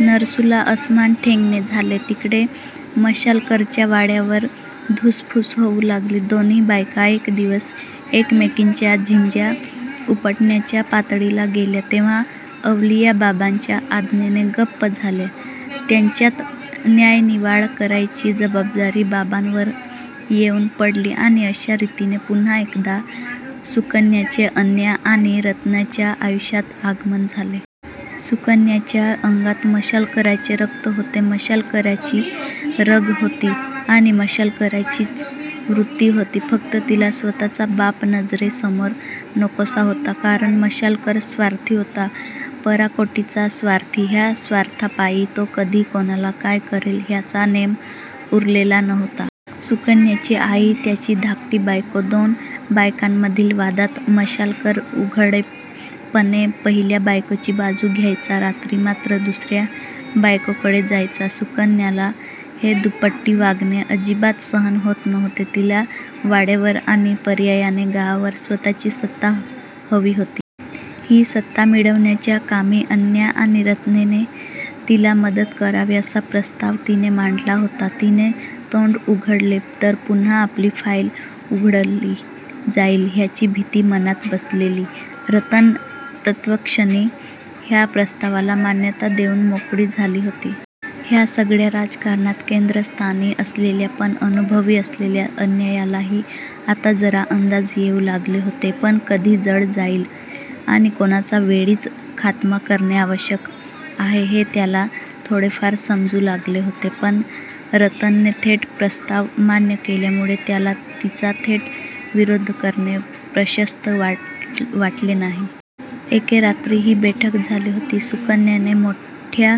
नरसूला अस्मान ठेंगणे झाले. तिकडे मशालकरच्या वाड्यावर धुसफूस होऊ लागली. दोन्ही बायका एक दिवस एकमेकींच्या झिंज्या उपटण्याच्या पातळीला गेल्या तेव्हा अवलिया बाबांच्या आज्ञेने गप्प झाल्या. त्यांच्यात न्यायनिवाडा करायची जबाबदारी बाबांवर येऊन पडली. आणि अशा रीतीने, पुन्हा एकदा सुकन्याचे अन्या आणि रतनच्या आयुष्यात आगमन झाले. सुकन्याच्या अंगात मशालकराचे रक्त होते, मशालकराची रग होती आणि मशालकराचीच वृत्ती होती. फक्त तिला स्वतःचा बाप नजरेसमोर नकोसा होता. कारण मशालकर स्वार्थी होता. पराकोटीचा स्वार्थी. ह्या स्वार्थापायी तो कधी कोणाला काय करेल ह्याचा नेम उरलेला नव्हता. सुकन्याची आई त्याची धाकटी बायको. दोन बायकांमधील वादात मशालकर उघडपणे पहिल्या बायकोची बाजू घ्यायचा. रात्री मात्र दुसऱ्या बायकोकडे जायचा. सुकन्याला हे दुटप्पी वागणे अजिबात सहन होत नव्हते. तिला वाड्यावर आणि पर्यायाने गावावर स्वतःची सत्ता हवी होती. ही सत्ता मिळवण्याच्या कामी अन्या आणि रतनने तिला मदत करावी असा प्रस्ताव तिने मांडला होता. तिने तोंड उघडले तर पुन्हा आपली फाईल उघडली जाईल ह्याची भीती मनात बसलेली रतन तत्क्षणी ह्या प्रस्तावाला मान्यता देऊन मोकळी झाली होती. ह्या सगळ्या राजकारणात केंद्रस्थानी असलेल्या पण अननुभवी असलेल्या अन्यालाही आता जरा अंदाज येऊ लागले होते. कोण कधी जड जाईल आणि कोणाचा वेळीच खातमा करणे आवश्यक आहे हे त्याला थोडेफार समजू लागले होते. पण रतनने थेट प्रस्ताव मान्य केल्यामुळे त्याला तिचा थेट विरोध करणे प्रशस्त वाटले नाही. एके रात्री ही बैठक झाली होती. सुकन्याने मोठ्या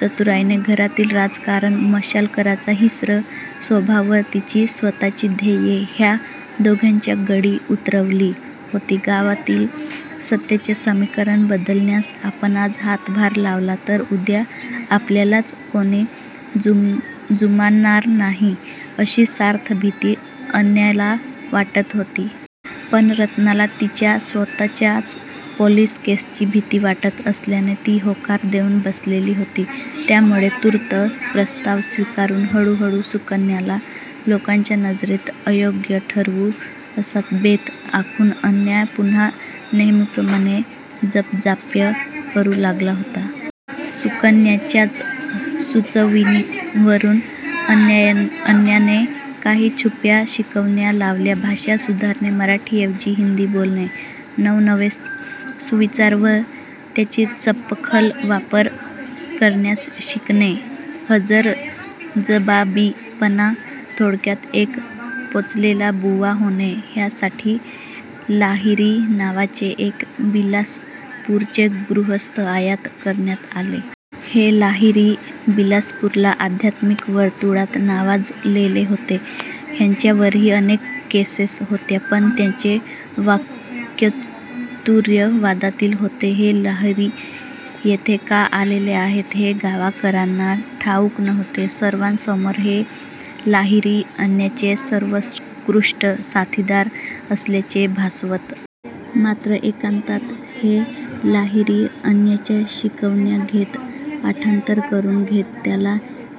चतुराईने घरातील राजकारण, मशालकरचा हिंस्त्र स्वभाव व तिची स्वतःची ध्येये ह्या दोघांच्या गळी उतरवली होती. गावातील सत्तेचे समीकरण बदलण्यास आपण आज हातभार लावला तर उद्या आपल्यालाच कोणी जुमानणार नाही अशी सार्थ भीती अन्याला वाटत होती. पण रतनला तिच्या स्वतःच्याच पोलिस केसची भीती वाटत असल्याने ती होकार देऊन बसलेली होती. त्यामुळे तूर्त प्रस्ताव स्वीकारून हळूहळू सुकन्याला लोकांच्या नजरेत अयोग्य ठरवू असा बेत आखून अन्या पुन्हा नेहमीप्रमाणे जपजाप्य करू लागला होता. सुकन्याच्याच सुचवणीवरून अन्याने काही छुप्या शिकवण्या लावल्या. भाषा सुधारणे, मराठीऐवजी हिंदी बोलणे, नवनवे सुविचार व त्यांचा चपखल वापर करण्यास शिकणे, हजरजबाबीपणा, थोडक्यात एक पोचलेला बुवा होणे ह्यासाठी लाहिरी नावाचे एक बिलासपूरचे गृहस्थ आयात करण्यात आले. हे लाहिरी बिलासपूरला अध्यात्मिक वर्तुळात नावाजलेले होते. ह्यांच्यावरही अनेक केसेस होत्या. पण त्यांचे वाक्चातुर्य वादातीत होते. हे लाहिरी येथे का आलेले आहेत हे गावकऱ्यांना ठाऊक नव्हते. सर्वांसमोर हे लाहिरी अन्याचे सर्वोत्कृष्ट साथीदार असल्याचे भासवत. मात्र एकांतात हे लाहिरी अन्याच्या शिकवण्या घेत. पाठांतर करून घेत. त्याला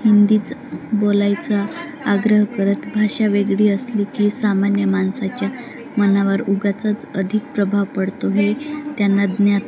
हिंदीच बोलायचा आग्रह करत. भाषा वेगळी असली की सामान्य माणसाच्या मनावर उगाचच अधिक प्रभाव पडतो हे त्यांना ज्ञात